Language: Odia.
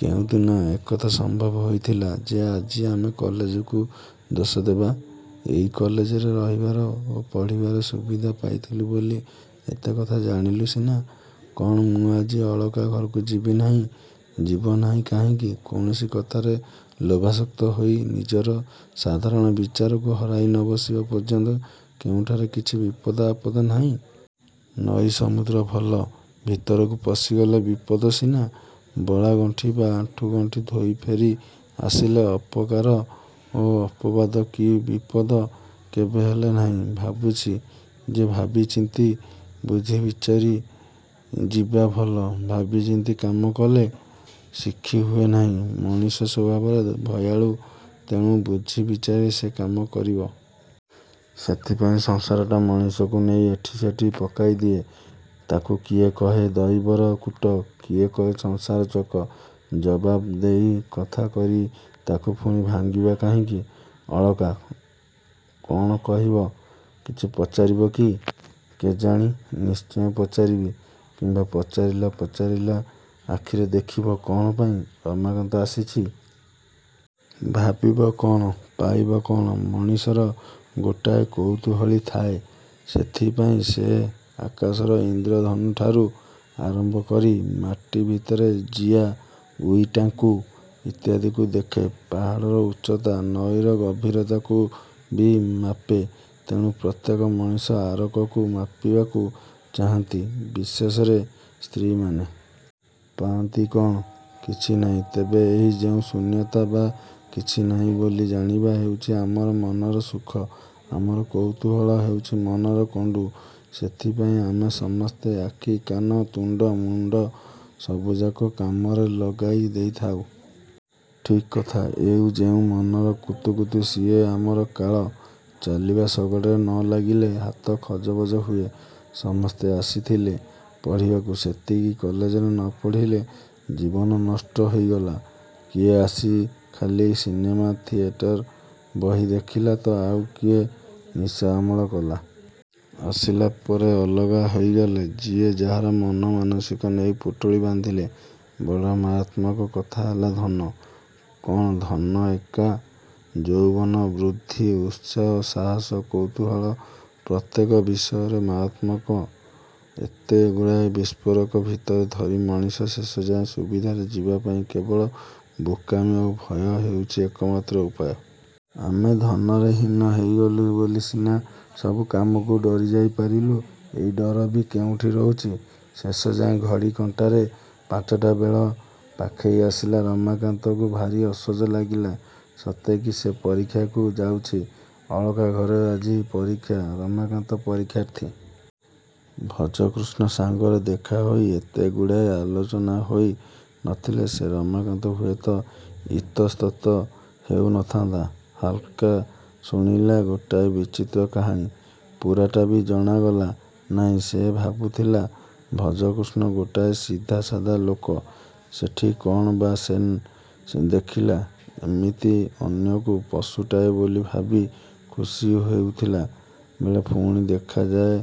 କେଉଁ ଦିନ ଏକଥା ସମ୍ଭବ ହୋଇଥିଲା ଯେ ଆଜି ଆମେ କଲେଜକୁ ଦୋଷ ଦେବା? ଏଇ କଲେଜରେ ରହିବାର ଓ ପଢ଼ିବାର ସୁବିଧା ପାଇଥିଲୁ ବୋଲି ଏତେ କଥା ଜାଣିଲୁ ସିନା। -କ'ଣ ମୁଁ ଆଜି ଅଳକା ଘରକୁ ଯିବି ନାହିଁ? -ଯିବନାହିଁ କାହିଁକି? କୌଣସି କଥାରେ ଲୋଭାସକ୍ତ ହୋଇ ନିଜର ସାଧାରଣ ବିଚାରକୁ ହରାଇ ନ ବସିବା ପର୍ଯ୍ୟନ୍ତ କେଉଁଠାରେ କିଛି ବିପଦ ଆପଦ ନାହିଁ। ନଈ ସମୁଦ୍ର ଭଲ-ଭିତରକୁ ପଶିଗଲେ ବିପଦ ସିନା। ବଳାଗଣ୍ଠି ବା ଆଣ୍ଠୁଗଣ୍ଠି ଧୋଇ ଫେରି ଆସିଲେ ଅପକାର-ଅପବାଦ କି ବିପଦ କେବେହେଲେ ନାହିଁ। -ଭାବୁଛି ଯେ ଭାବିଚିନ୍ତି ବୁଝିବିଚାରି ଯିବା ଭଲ। -ଭାବିଚିନ୍ତି କାମ କଲେ ଶିଖି ହୁଏ ନାହିଁ। ମଣିଷ ସ୍ୱଭାବରେ ଭୟାଳୁ। ତେଣୁ ବୁଝି ବିଚାରି ସେ କାମ କରିବ। ସେଥିପାଇଁ ସଂସାରଟା ମଣିଷକୁ ନେଇ ଏଠି ସେଠି ପକାଇ ଦିଏ-ତାକୁ କିଏ କହେ ଦଇବର କୂଟ-କିଏ କହେ ସଂସାରର ଚକ। ଜବାବ ଦେଇ କଥା କରି ତା'କୁ ପୁଣି ଭାଙ୍ଗିବ କାହିଁକି? ଅଳକା କ'ଣ କହିବ? କିଛି ପଚାରିବ କି? -କେଜାଣି? ନିଶ୍ଚୟ ପଚାରିବ କିମ୍ୱା ପଚାରିଲା ପଚାରିଲା ଆଖିରେ ଦେଖିବ କ'ଣ ପାଇଁ ରମାକାନ୍ତ ଆସିଛି? -ଭାବିବ କ'ଣ? ପାଇବ କ'ଣ? -ମଣିଷର ଗୋଟାଏ କୌତୂହଳୀ ଥାଏ। ସେଥିପାଇଁ ସେ ଆକାଶର ଇନ୍ଦ୍ରଧନୁଠାରୁ ଆରମ୍ଭ କରି ମାଟି ଭିତରେ ଜିଆ, ଉଇଟାଙ୍କୁ ଇତ୍ୟାଦିକୁ ଦେଖେ। ପାହାଡ଼ର ଉଚ୍ଚତା, ନଈର ଗଭୀରତାକୁ ବି ମାପେ। ତେଣୁ ପ୍ରତ୍ୟେକ ମଣିଷ ଆରକକୁ ମାପିବାକୁ ଚାହାନ୍ତି-ବିଶେଷରେ ସ୍ତ୍ରୀମାନେ। -ପାଆନ୍ତି କ'ଣ? -କିଛି ନାହିଁ। ତେବେ ଏହି ଯେଉଁ ଶୂନ୍ୟତା ବା କିଛି ନାହିଁ ବୋଲି ଜାଣିବା ହେଉଛି ଆମର ମନର ସୁଖ। ଆମର କୌତୂହଳ ହେଉଛି ମନର କଣ୍ଡୁ। ସେଥିପାଇଁ ଆମେ ସମସ୍ତେ ଆଖି, କାନ, ତୁଣ୍ଡ ମୁଣ୍ଡ ସବୁଯାକ କାମରେ ଲଗାଇ ଦେଇଥାଉ। -ଠିକ୍ କଥା। ଏଇ ଯେଉଁ ମନର କୁତୁକୁତୁ-ସିଏ ଆମର କାଳ। ଚାଲିବା ଶଗଡ଼ରେ ନ ଲାଗିଲେ ହାତ ଖଜବଜ ହୁଏ। ସମସ୍ତେ ଆସିଥିଲେ ପଢ଼ିବାକୁ। ସତେକି କଲେଜରେ ନ ପଢ଼ିଲେ ଜୀବନ ନଷ୍ଟ ହୋଇଗଲା। କିଏ ଆସି ଖାଲି ସିନେମା ଥିଏଟର ବହି ଦେଖିଲା ତ ଆଉ କିଏ ନିଶା ଅମଳ କଲା-? ଆସିଲା ପରେ ଅଲଗା ହୋଇଗଲେ-ଯିଏ ଯାହାର ମନ ମାନସିକ ନେଇ ପୁଟୁଳି ବାନ୍ଧିଲେ-। -ବଡ଼ ମାରାତ୍ମକ କଥା ହେଲା ଧନ? -କ'ଣ ଧନ ଏକା? ଯୌବନ, ବୁଦ୍ଧି, ଉତ୍ସାହ, ସାହସ, କୌତୂହଳ-ପ୍ରତ୍ୟେକ ବିଷୟ ମାରାତ୍ମକ। ଏତେ ଗୁଡ଼ାଏ ବିସ୍ଫୋରକ ଭିତରେ ଧରି ମଣିଷ ଶେଷଯାଏ ସୁବିଧାରେ ଯିବାପାଇଁ କେବଳ ବୋକାମି ଓ ଭୟ ହେଉଛି ଏକମାତ୍ର ଉପାୟ। -ଆମେ ଧନରେ ହୀନ ହୋଇଗଲୁ ବୋଲି ସିନା ସବୁ କାମକୁ ଡରିଯାଇ ପାରିଲୁ। ଏଇ ଡର ବି କେଉଁଠି ରହୁଛି ଶେଷଯାଏ? ଘଡ଼ି କଣ୍ଟାରେ ପାଞ୍ଚଟା ବେଳ ପାଖେଇ ଆସିଲା। ରମାକାନ୍ତକୁ ଭାରି ଅସଜ ଲାଗିଲା-ସତେ କି ସେ ପରୀକ୍ଷାକୁ ଯାଉଛି। ଅଳକା ଘରେ ଆଜି ପରୀକ୍ଷା-ରମାକାନ୍ତ ପରୀକ୍ଷାର୍ଥୀ। ଭଜକୃଷ୍ଣ ସାଙ୍ଗରେ ଦେଖାହୋଇ ଏତେଗୁଡ଼ାଏ ଆଲୋଚନା ହୋଇ ନଥିଲେ ସେ ରମାକାନ୍ତ ହୁଏତ ଇତସ୍ତତଃ ହେଉ ନଥାନ୍ତା। ହାଲକୁ ଶୁଣିଲା ଗୋଟାଏ ବିଚିତ୍ର କାହାଣୀ-ପୂରାଟା ବି ଜଣାଗଲା ନାହିଁ। ସେ ଭାବୁଥିଲା ଭଜକୃଷ୍ଣ ଗୋଟାଏ ସାଧାସିଧା ଲୋକ-ସେଠି କ'ଣ ବା ସେ ନ ଦେଖିଲା? ଏମିତି ଅନ୍ୟକୁ ପଶୁଟାଏ ବୋଲି ଭାବି ଖୁସି ହେଉଥିଲା ବେଳେ ପୁଣି ଦେଖାଯାଏ ଯେ।